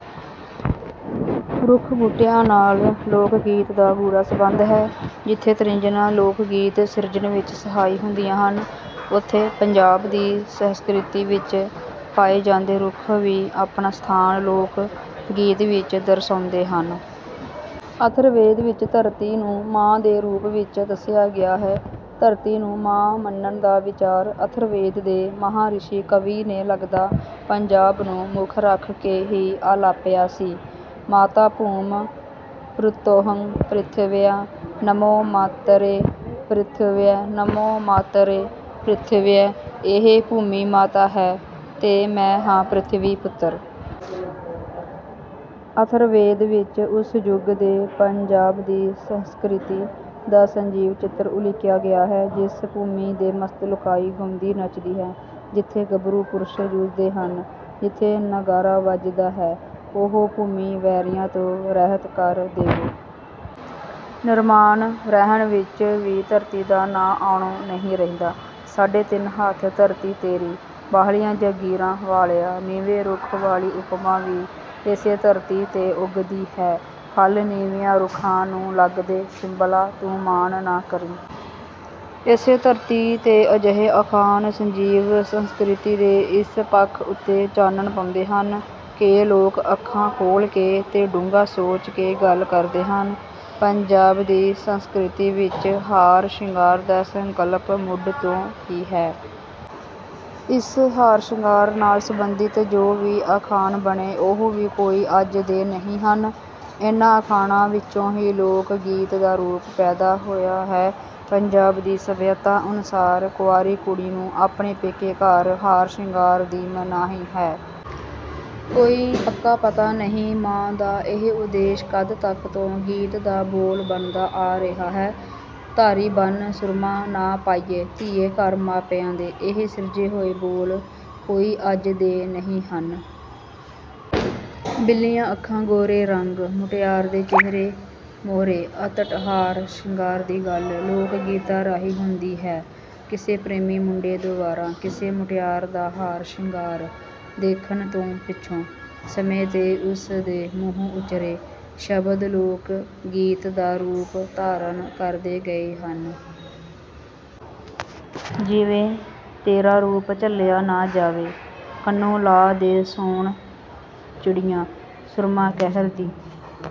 ਰੁੱਖ ਬੂਟਿਆਂ ਨਾਲ ਲੋਕ ਗੀਤ ਦਾ ਗੂੜਾ ਸੰਬੰਧ ਹੈ। ਜਿੱਥੇ ਤ੍ਰਿਜਣਾਂ ਲੋਕ ਗੀਤ ਸਿਰਜਣ ਵਿੱਚ ਸਹਾਈ ਹੁੰਦੀਆਂ ਹਨ, ਉੱਥੇ ਪੰਜਾਬ ਦੀ ਸੰਸਕ੍ਰਿਤੀ ਵਿੱਚ ਪਾਏ ਜਾਂਦੇ ਰੁੱਖ ਵੀ ਆਪਣਾ ਸਥਾਨ ਲੋਕ ਗੀਤ ਵਿੱਚ ਦਰਸਾਉਂਦੇ ਹਨ। ਅਥਰਵੇਦ ਵਿੱਚ ਧਰਤੀ ਨੂੰ ਮਾਂ ਦੇ ਰੂਪ ਵਿੱਚ ਦੱਸਿਆ ਗਿਆ ਹੈ। ਧਰਤੀ ਨੂੰ ਮਾਂ ਮੰਨਣ ਦਾ ਵਿਚਾਰ ਅਥਰਵੇਦ ਦੇ ਮਹਾਂ ਰਿਸ਼ੀ ਕਵੀ ਨੇ ਲਗਦਾ ਪੰਜਾਬ ਨੂੰ ਮੁੱਖ ਰੱਖ ਕੇ ਹੀ ਅਲਾਪਿਆ ਸੀ: 'ਮਾਤਾ ਭੂਮਿ ਪੁਤ੍ਰੋਹੰ ਪ੍ਰਿਥਿਵਿਆਂ, ਨਮੋ ਮਾਤ੍ਰੇ ਪ੍ਰਿਥਿਵਯੈ, ਨਮੋ ਮਾਤ੍ਰੇ ਪ੍ਰਿਥਿਵਯੈ' ਇਹ ਭੂਮੀ ਮਾਤਾ ਹੈ ਤੇ ਮੈਂ ਹਾਂ ਪ੍ਰਿਥਵੀ ਪੁੱਤਰ। ਅਥਰਵੇਦ ਵਿੱਚ ਉਸ ਯੁਗ ਦੇ ਪੰਜਾਬ ਦੀ ਸੰਸਕ੍ਰਿਤੀ ਦਾ ਸਜੀਵ ਚਿੱਤਰ ਉਲੀਕਿਆ ਗਿਆ ਹੈ: 'ਜਿਸ ਭੂਮੀ ਤੇ ਮਸਤ ਲੋਕਾਈ ਗਾਉਂਦੀ ਨੱਚਦੀ ਹੈ, ਜਿੱਥੇ ਗੱਭਰੂ ਪੁਰਸ਼ ਜੂਝਦੇ ਹਨ, ਜਿੱਥੇ ਨਗਾਰਾ ਵੱਜਦਾ ਹੈ, ਉਹ ਭੂਮੀ ਵੈਰੀਆਂ ਤੋਂ ਰਹਿਤ ਕਰ ਦੇਵੋ।' ਨਿਰਮਾਣ ਰਹਿਣ ਵਿੱਚ ਵੀ ਧਰਤੀ ਦਾ ਨਾਂ ਆਉਣੋਂ ਨਹੀਂ ਰਹਿੰਦਾ: ਸਾਢੇ ਤਿੰਨ ਹੱਥ ਧਰਤੀ ਤੇਰੀ, ਬਾਹਲੀਆਂ ਜਗੀਰਾਂ ਵਾਲਿਆ। ਨੀਵੇਂ ਰੁੱਖ ਵਾਲੀ ਉਪਮਾ ਵੀ ਇਸੇ ਧਰਤੀ ਤੇ ਉਗਦੀ ਹੈ: ਫਲ ਨੀਵਿਆਂ ਰੁੱਖਾਂ ਨੂੰ ਲੱਗਦੇ, ਸਿੰਬਲਾ ਤੂੰ ਮਾਣ ਨਾ ਕਰੀਂ। ਇਸੇ ਧਰਤੀ ਤੇ ਅਜਿਹੇ ਅਖਾਣ ਸਜੀਵ ਸੰਸਕ੍ਰਿਤੀ ਦੇ ਇਸ ਪੱਖ ਉੱਤੇ ਚਾਨਣ ਪਾਉਂਦੇ ਹਨ ਕਿ ਲੋਕ ਅੱਖਾਂ ਖੋਲ੍ਹ ਕੇ ਤੇ ਡੂੰਘਾ ਸੋਚ ਕੇ ਗੱਲ ਕਰਦੇ ਹਨ। ਪੰਜਾਬ ਦੀ ਸੰਸਕ੍ਰਿਤੀ ਵਿੱਚ ਹਾਰ ਸ਼ਿੰਗਾਰ ਦਾ ਸੰਕਲਪ ਮੁੱਢ ਤੋਂ ਹੀ ਹੈ। ਇਸ ਹਾਰ ਸ਼ਿੰਗਾਰ ਨਾਲ ਸੰਬੰਧਿਤ ਜੋ ਵੀ ਅਖਾਣ ਬਣੇ ਉਹ ਵੀ ਕੋਈ ਅੱਜ ਦੇ ਨਹੀਂ ਹਨ। ਇਨ੍ਹਾਂ ਅਖਾਣਾਂ ਵਿੱਚੋਂ ਹੀ ਲੋਕ ਗੀਤ ਦਾ ਰੂਪ ਪੈਦਾ ਹੋਇਆ ਹੈ। ਪੰਜਾਬ ਦੀ ਸੱਭਿਅਤਾ ਅਨੁਸਾਰ ਕੁਆਰੀ ਕੁੜੀ ਨੂੰ ਆਪਣੇ ਪੇਕੇ ਘਰ ਹਾਰ ਸ਼ਿੰਗਾਰ ਦੀ ਮਨਾਹੀ ਹੈ। ਕੋਈ ਪੱਕਾ ਪਤਾ ਨਹੀਂ ਮਾਂ ਦਾ ਇਹ ਉਪਦੇਸ਼ ਕਦ ਤੋਂ ਗੀਤ ਦਾ ਬੋਲ ਬਣਦਾ ਆ ਰਿਹਾ ਹੈ: 'ਧਾਰੀ ਬੰਨ੍ਹ ਸੁਰਮਾਂ ਨਾ ਪਾਈਏ, ਧੀਏ ਘਰ ਮਾਪਿਆਂ ਦੇ।' ਇਹ ਸਿਰਜੇ ਹੋਏ ਬੋਲ ਕੋਈ ਅੱਜ ਦੇ ਨਹੀਂ ਹਨ। ਬਿੱਲੀਆਂ ਅੱਖਾਂ, ਗੋਰੇ ਰੰਗ, ਮੁਟਿਆਰ ਦੇ ਚਿਹਰੇ ਮੋਹਰੇ ਅਤਟ ਹਾਰ ਸ਼ਿੰਗਾਰ ਦੀ ਗੱਲ ਲੋਕ ਗੀਤਾਂ ਰਾਹੀਂ ਹੁੰਦੀ ਰਹੀ ਹੈ। ਕਿਸੇ ਪ੍ਰੇਮੀ ਮੁੰਡੇ ਦੁਆਰਾ ਕਿਸੇ ਮੁਟਿਆਰ ਦਾ ਹਾਰ ਸ਼ਿੰਗਾਰ ਦੇਖਣ ਤੋਂ ਪਿੱਛੋਂ ਸਮੇਂ ਤੇ ਉਸ ਦੇ ਮੂੰਹੋਂ ਉਚਰੇ ਸ਼ਬਦ ਲੋਕ ਗੀਤ ਦਾ ਰੂਪ ਧਾਰਨ ਕਰਦੇ ਗਏ ਹਨ। ਜਿਵੇਂ: ਤੇਰਾ ਰੂਪ ਝੱਲਿਆ ਨਾ ਜਾਵੇ, ਕੰਨੋਂ ਲਾ ਦੇ ਸੋਨ ਚਿੜੀਆਂ, ਸੁਰਮਾ ਕਹਿਰ ਦੀ